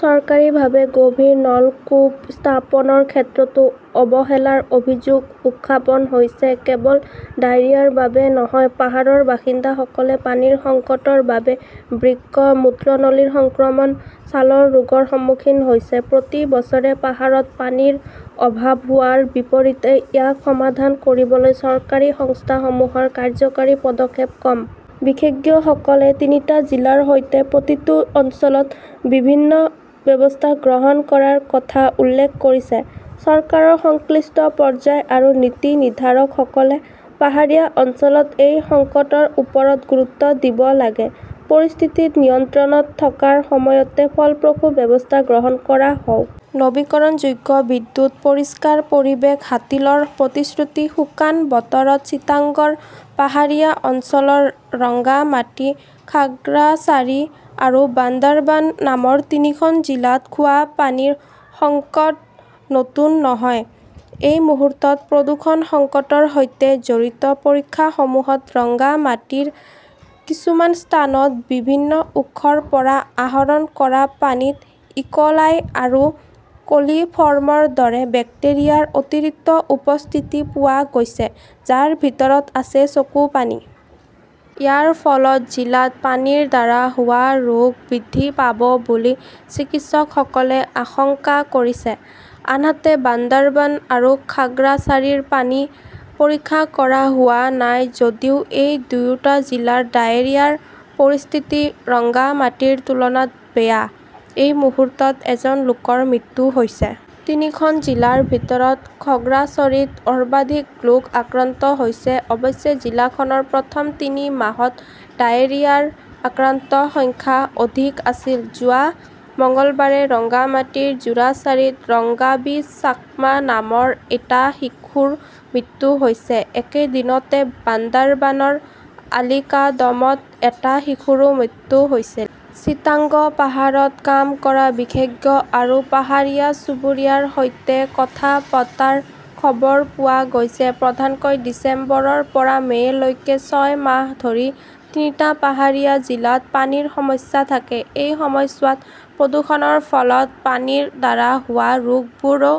চৰকাৰীভাৱে গভীৰ নলকূপ স্থাপনৰ ক্ষেত্ৰতো অৱহেলাৰ অভিযোগ উত্থাপন হৈছে। কেৱল ডায়েৰিয়াৰ বাবেই নহয়, পাহাৰৰ বাসিন্দাসকলে পানীৰ সংকটৰ বাবে বৃক্ক, মূত্ৰনলীৰ সংক্ৰমণ, ছালৰ ৰোগৰ সন্মুখীন হৈছে। প্ৰতি বছৰে পাহাৰত পানীৰ অভাৱ হোৱাৰ বিপৰীতে ইয়াক সমাধান কৰিবলৈ চৰকাৰী সংস্থাসমূহৰ কাৰ্যকৰী পদক্ষেপ কম। বিশেষজ্ঞসকলে তিনিটা জিলাৰ সৈতে প্ৰতিটো অঞ্চলত বিভিন্ন ব্যৱস্থা গ্ৰহণ কৰাৰ কথা উল্লেখ কৰিছে। চৰকাৰৰ সংশ্লিষ্ট পৰ্যায় আৰু নীতি নিৰ্ধাৰকসকলে পাহাৰীয়া অঞ্চলত এই সংকটৰ ওপৰত গুৰুত্ব দিব লাগে। পৰিস্থিতি নিয়ন্ত্ৰণত থকাৰ সময়তে ফলপ্ৰসূ ব্যৱস্থা গ্ৰহণ কৰা হওক। নৱীকৰণযোগ্য বিদ্যুৎ, পৰিষ্কাৰ পৰিৱেশ হাতিলৰ প্ৰতিশ্ৰুতি শুকান বতৰত চিটাগংৰ পাহাৰীয়া অঞ্চলৰ ৰংগামাটি, খাগৰাচাৰী আৰু বান্দাৰবান নামৰ তিনিখন জিলাত খোৱা পানীৰ সংকট নতুন নহয়। এই মুহূৰ্তত প্ৰদূষণ সংকটৰ সৈতে জড়িত; পৰীক্ষাসমূহত ৰংগামাটীৰ কিছুমান স্থানত বিভিন্ন উৎসৰ পৰা আহৰণ কৰা পানীত ইকোলাই আৰু কলিফৰ্মৰ দৰে বেক্টেৰিয়াৰ অতিৰিক্ত উপস্থিতি পোৱা গৈছে, যাৰ ভিতৰত আছে চকুপানী। ইয়াৰ ফলত জিলাত পানীৰ দ্বাৰা হোৱা ৰোগ বৃদ্ধি পাব বুলি চিকিৎসকসকলে আশংকা কৰিছে। আনহাতে, বান্দাৰবান আৰু খাগৰাচাৰীৰ পানী পৰীক্ষা কৰা হোৱা নাই যদিও এই দুয়োটা জিলাৰ ডায়েৰিয়াৰ পৰিস্থিতি ৰংগামাটিৰ তুলনাত বেয়া। এই মুহূৰ্তত এজন লোকৰ মৃত্যু হৈছে। তিনিখন জিলাৰ ভিতৰত খগ্ৰাচৰীত সৰ্বাধিক লোক আক্ৰান্ত হৈছে। অৱশ্যে, জিলাখনৰ প্ৰথম তিনি মাহত ডায়েৰিয়াৰ আক্ৰান্তৰ সংখ্যা অধিক আছিল। যোৱা মঙলবাৰে ৰংগামাটীৰ জুৰাছাড়ীত ৰংগাবী চাকমা নামৰ এটা শিশুৰ মৃত্যু হৈছিল। একে দিনটোতে বান্দাৰবানৰ আলীকাদমত এটা শিশুৰো মৃত্যু হৈছিল। চিটাগং পাহাৰত কাম কৰা বিশেষজ্ঞ আৰু পাহাৰীয়া চুবুৰীয়াৰ সৈতে কথা পতাৰ খবৰ পোৱা গৈছে, প্ৰধানকৈ ডিচেম্বৰৰ পৰা মে' লৈকে ছয় মাহ ধৰি তিনিটা পাহাৰীয়া জিলাত পানীৰ সমস্যা থাকে। এই সময়ছোৱাত প্ৰদূষণৰ ফলত পানীৰ দ্বাৰা হোৱা ৰোগবোৰো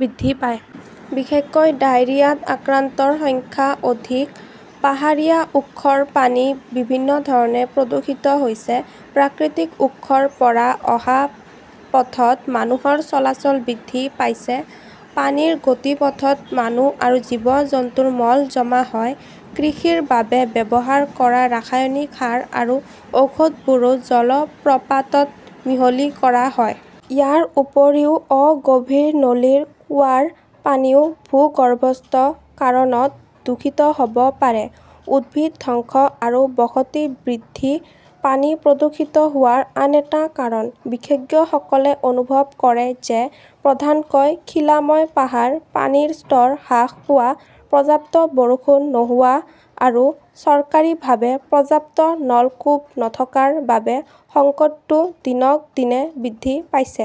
বৃদ্ধি পায়। বিশেষকৈ ডায়েৰিয়াত আক্ৰান্তৰ সংখ্যা অধিক। পাহাৰীয়া উৎসৰ পানী বিভিন্ন ধৰণে প্ৰদূষিত হৈছে। প্ৰাকৃতিক উৎসৰ পৰা পানী অহা পথত মানুহৰ চলাচল বৃদ্ধি পাইছে। পানীৰ গতিপথত মানুহ আৰু জীৱ-জন্তুৰ মল জমা হয়। কৃষিৰ বাবে ব্যৱহাৰ কৰা ৰাসায়নিক সাৰ আৰু ঔষধবোৰো জলপ্ৰপাতত মিহলি কৰা হয়। ইয়াৰ উপৰিও অগভীৰ নলীৰ কুঁৱাৰ পানীও ভূগৰ্ভস্থ কাৰণত দূষিত হ'ব পাৰে। উদ্ভিদ ধ্বংস আৰু বসতি বৃদ্ধি পানী প্ৰদূষিত হোৱাৰ আন এটা কাৰণ। বিশেষজ্ঞসকলে অনুভৱ কৰে যে, প্ৰধানকৈ শিলাময় পাহাৰ, পানীৰ স্তৰ হ্ৰাস পোৱা, পৰ্যাপ্ত বৰষুণ নোহোৱা আৰু চৰকাৰীভাৱে পৰ্যাপ্ত নলকূপ নথকাৰ বাবে সংকটটো দিনক দিনে বৃদ্ধি পাইছে।